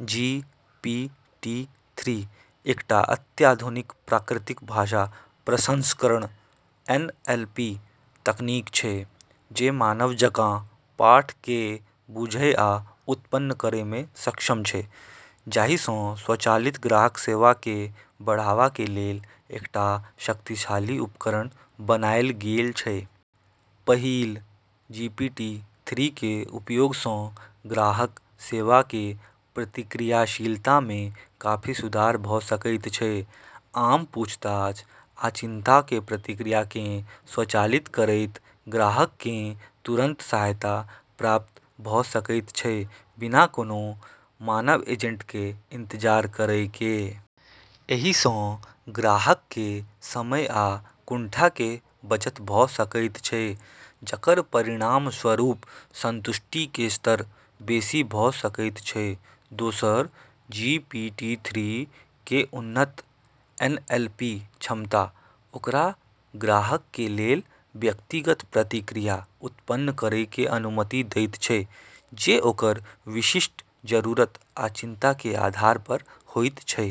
जी P T three एकटा अत्याधुनिक प्राकृतिक भाषा प्रसंस्करण (एन एल पी) तकनीक छै जे मानव जकाँ पाठ केँ बुझय आ उत्पन्न करय में सक्षम छै, जाहिसँ स्वचालित ग्राहक सेवा के बढ़ावा के लेल एकटा शक्तिशाली उपकरण बनायल गेल छै। पहिल, जी पी टी-थ्री के उपयोग सँ ग्राहक सेवा के प्रतिक्रियाशीलता में काफी सुधार भऽ सकैत छै। आम पूछताछ आ चिंता के प्रतिक्रिया केँ स्वचालित करैत ग्राहक केँ तुरंत सहायता प्राप्त भऽ सकैत छै, बिना कोनों मानव एजेंट के इंतजार करय के। एहि सँ ग्राहक के समय आ कुंठा के बचत भऽ सकैत छै, जकर परिणामस्वरूप संतुष्टि के स्तर बेसि भऽ सकैत छै। दोसर, जी पी टी-थ्री के उन्नत एन एल पी क्षमता ओकरा ग्राहक के लेल व्यक्तिगत प्रतिक्रिया उत्पन्न करय के अनुमति दैत छै, जे ओकर विशिष्ट जरूरत आ चिंता के आधार पर होइत छै।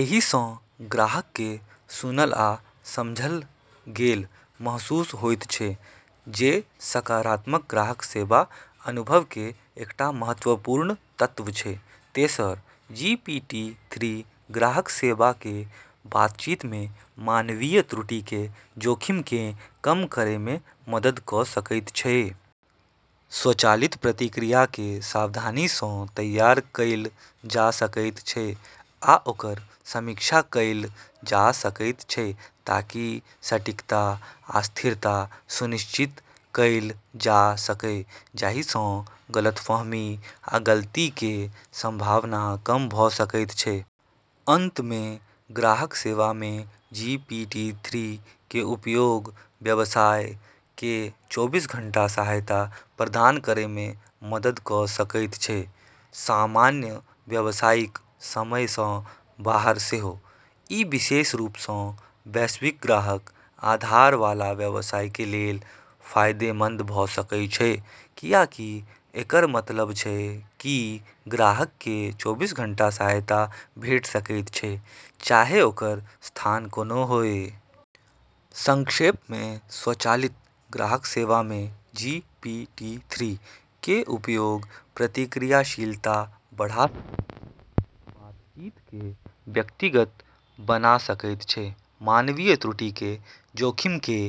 एहि सँ ग्राहक के सुनल आ समझल गेल महसूस होयत छै, जे सकारात्मक ग्राहक सेवा अनुभव के एकटा महत्वपूर्ण तत्व छै। तेसर, जी पी टी-थ्री ग्राहक सेवा के बातचीत में मानवीय त्रुटि के जोखिम केँ कम करय में मदद क' सकैत छै। स्वचालित प्रतिक्रिया के सावधानी सँ तैयार कएल जा सकैत छै आ ओकर समीक्षा कएल जा सकैत छै ताकि सटीकता आ स्थिरता सुनिश्चित कएल जा सकय, जाहिसँ गलतफहमी आ गलती के संभावना कम भऽ सकैत छै। अंत में, ग्राहक सेवा में जी पी टी-थ्री के उपयोग व्यवसाय के चौबीस घन्टा सहायता प्रदान करय में मदद क' सकैत छै, सामान्य व्यावसायिक समय सँ बाहर सेहो। ई विशेष रूप सँ वैश्विक ग्राहक आधार वाला व्यवसाय के लेल फायदेमंद भऽ सकय छै, कियाकि एकर मतलब छै कि ग्राहक के चौबीस घन्टा सहायता भेट सकैत छै, चाहे ओकर स्थान कोनो होय। संक्षेप में, स्वचालित ग्राहक सेवा में जी पी टी-थ्री के उपयोग प्रतिक्रियाशीलता बढ़ा सकैत छै, बातचीत के व्यक्तिगत बना सकैत छै, मानवीय त्रुटि के जोखिम केँ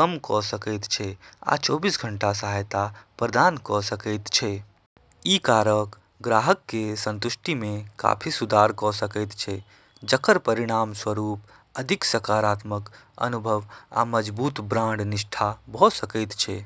कम क' सकैत छै आ चौबीस घन्टा सहायता प्रदान क' सकैत छै। ई कारक ग्राहक के संतुष्टि में काफी सुधार क' सकैत छै, जकर परिणामस्वरूप अधिक सकारात्मक अनुभव आ मजबूत ब्रांड निष्ठा भऽ सकैत छै।